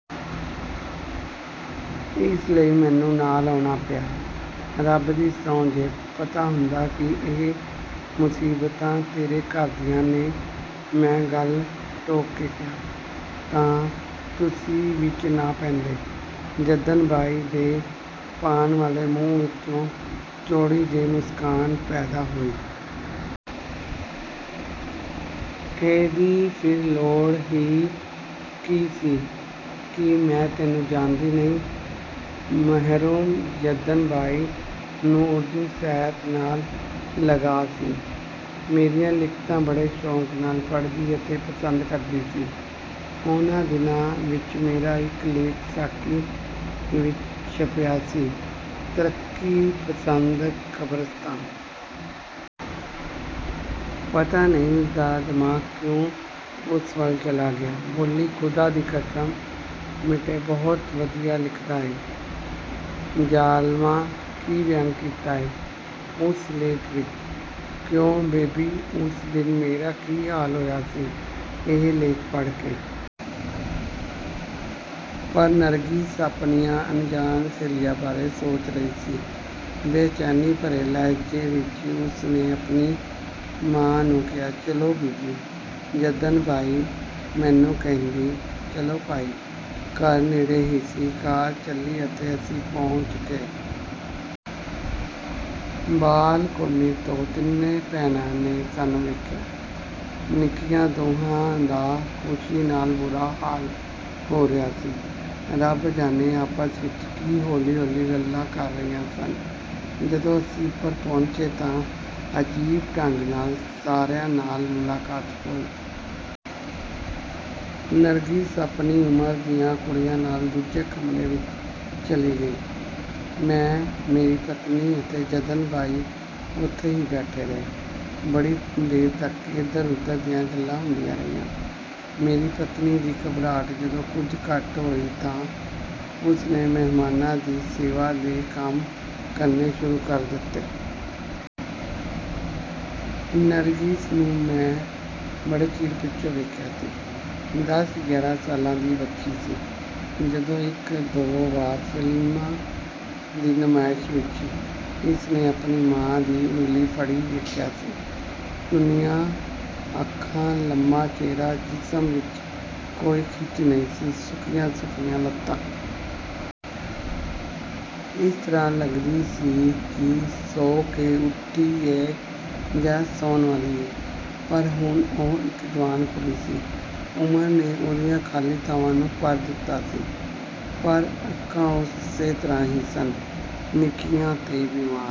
ਇਸ ਲਈ ਮੈਨੂੰ ਨਾਲ ਆਉਣਾ ਪਿਆ। ਰੱਬ ਦੀ ਸਹੁੰ, ਜੇ ਪਤਾ ਹੁੰਦਾ ਕਿ ਇਹ ਮੁਸੀਬਤਾਂ ਤੇਰੇ ਘਰ ਦੀਆਂ ਨੇ। ਮੈਂ ਗੱਲ ਟੋਕ ਕੇ ਕਿਹਾ, ਤਾਂ ਤੁਸੀਂ ਵਿਚ ਨਾ ਪੈਂਦੇ। ਜੱਦਨ ਬਾਈ ਦੇ ਪਾਨ ਵਾਲੇ ਮੂੰਹ ਵਿੱਚ ਚੌੜੀ ਜਿਹੀ ਮੁਸਕਾਨ ਪੈਦਾ ਹੋਈ। ਇਹਦੀ ਫਿਰ ਲੋੜ ਹੀ ਕੀ ਸੀ। ਕੀ ਮੈਂ ਤੈਨੂੰ ਜਾਣਦੀ ਨਹੀਂ। ਮਰਹੂਮ ਜੱਦਨ ਬਾਈ ਨੂੰ ਉਰਦੂ ਸਾਹਿਤ ਨਾਲ ਲਗਾਅ ਸੀ। ਮੇਰੀਆਂ ਲਿਖਤਾਂ ਬੜੇ ਸ਼ੌਂਕ ਨਾਲ ਪੜ੍ਹਦੀ ਅਤੇ ਪਸੰਦ ਕਰਦੀ ਸੀ। ਉਨ੍ਹਾਂ ਦਿਨਾਂ ਵਿੱਚ ਮੇਰਾ ਇੱਕ ਲੇਖ ਸਾਕੀ ਵਿੱਚ ਛਪਿਆ ਸੀ ਤਰੱਕੀ-ਪਸੰਦ ਕਬਰਸਤਾਨ। ਪਤਾ ਨਹੀਂ ਉਸ ਦਾ ਦਿਮਾਗ ਕਿਉਂ ਉਸ ਵੱਲ ਚਲਾ ਗਿਆ, ਬੋਲੀ, ਖੁਦਾ ਦੀ ਕਸਮ ਮੰਟੋ, ਬਹੁਤ ਵਧੀਆ ਲਿਖਦਾ ਏਂ। ਜ਼ਾਲਮਾ, ਕੀ ਵਿਅੰਗ ਕੀਤਾ ਏ ਉਸ ਲੇਖ ਵਿੱਚ। ਕਿਉਂ ਬੇਬੀ, ਉਸ ਦਿਨ ਮੇਰਾ ਕੀ ਹਾਲ ਹੋਇਆ ਸੀ ਇਹ ਲੇਖ ਪੜ੍ਹ ਕੇ। ਪਰ ਨਰਗਿਸ ਆਪਣੀਆਂ ਅਣਜਾਣ ਸਹੇਲੀਆਂ ਬਾਰੇ ਸੋਚ ਰਹੀ ਸੀ। ਬੇਚੈਨੀ ਭਰੇ ਲਹਿਜ਼ੇ ਵਿੱਚ ਉਸ ਨੇ ਆਪਣੀ ਮਾਂ ਨੂੰ ਕਿਹਾ, ਚਲੋ ਬੀਬੀ। ਜੱਦਨ ਬਾਈ ਮੈਨੂੰ ਕਹਿੰਦੀ, ਚਲੋ ਭਾਈ। ਘਰ ਨੇੜੇ ਹੀ ਸੀ। ਕਾਰ ਚੱਲੀ ਅਤੇ ਅਸੀਂ ਪਹੁੰਚ ਗਏ। ਬਾਲਕੋਨੀ ਤੋਂ ਤਿੰਨਾਂ ਭੈਣਾਂ ਨੇ ਸਾਨੂੰ ਵੇਖਿਆ। ਨਿੱਕੀਆਂ ਦੋਹਾਂ ਦਾ ਖੁਸ਼ੀ ਨਾਲ ਬੁਰਾ ਹਾਲ ਹੋ ਰਿਹਾ ਸੀ। ਰੱਬ ਜਾਣੇ ਆਪਸ ਵਿੱਚ ਕੀ ਹੌਲੀ ਹੌਲੀ ਗੱਲਾਂ ਕਰ ਰਹੀਆਂ ਸਨ। ਜਦੋਂ ਅਸੀਂ ਉੱਪਰ ਪਹੁੰਚੇ ਤਾਂ ਅਜੀਬ ਢੰਗ ਨਾਲ ਸਾਰਿਆਂ ਨਾਲ ਮੁਲਾਕਾਤ ਹੋਈ। ਨਰਗਿਸ ਆਪਣੀ ਉਮਰ ਦੀਆਂ ਕੁੜੀਆਂ ਨਾਲ ਦੂਜੇ ਕਮਰੇ ਵਿੱਚ ਚਲੀ ਗਈ। ਮੈਂ, ਮੇਰੀ ਪਤਨੀ ਅਤੇ ਜੱਦਨ ਬਾਈ ਉੱਥੇ ਹੀ ਬੈਠੇ ਰਹੇ। ਬੜੀ ਦੇਰ ਤੱਕ ਏਧਰ ਉਧਰ ਦੀਆਂ ਗੱਲਾਂ ਹੁੰਦੀਆਂ ਰਹੀਆਂ। ਮੇਰੀ ਪਤਨੀ ਦੀ ਘਬਰਾਹਟ ਜਦੋਂ ਕੁਝ ਘੱਟ ਹੋਈ ਤਾਂ ਉਸ ਨੇ ਮਹਿਮਾਨਾਂ ਦੀ ਸੇਵਾ ਦੇ ਕੰਮ ਕਰਨੇ ਸ਼ੁਰੂ ਕਰ ਦਿੱਤੇ। ਨਰਗਿਸ ਨੂੰ ਮੈਂ ਬੜੇ ਚਿਰ ਪਿੱਛੋਂ ਵੇਖਿਆ ਸੀ। ਦਸ ਗਿਆਰਾਂ ਸਾਲਾਂ ਦੀ ਬੱਚੀ ਸੀ, ਜਦੋਂ ਇੱਕ ਦੋ ਵਾਰ ਫ਼ਿਲਮਾਂ ਦੀ ਨੁਮਾਇਸ਼ ਵਿੱਚ ਇਸ ਨੂੰ ਆਪਣੀ ਮਾਂ ਦੀ ਉਂਗਲੀ ਫੜੀ ਵੇਖਿਆ ਸੀ। ਚੁੰਨੀਆਂ ਅੱਖਾਂ, ਲੰਮਾ ਚਿਹਰਾ, ਜਿਸਮ ਵਿੱਚ ਕੋਈ ਖਿੱਚ ਨਹੀਂ, ਸੁੱਕੀਆਂ ਸੁੱਕੀਆਂ ਲੱਤਾਂ। ਇਸ ਤਰ੍ਹਾਂ ਲੱਗਦੀ ਸੀ ਕਿ ਸੌਂ ਕੇ ਉੱਠੀ ਏ ਜਾਂ ਸੌਣ ਵਾਲੀ ਏ, ਪਰ ਹੁਣ ਉਹ ਇੱਕ ਜਵਾਨ ਕੁੜੀ ਸੀ। ਉਮਰ ਨੇ ਉਹਦੀਆਂ ਖਾਲੀ ਥਾਵਾਂ ਨੂੰ ਭਰ ਦਿੱਤਾ ਸੀ, ਪਰ ਅੱਖਾਂ ਉਸੇ ਤਰ੍ਹਾਂ ਹੀ ਸਨ, ਨਿੱਕੀਆਂ ਤੇ ਬਿਮਾਰ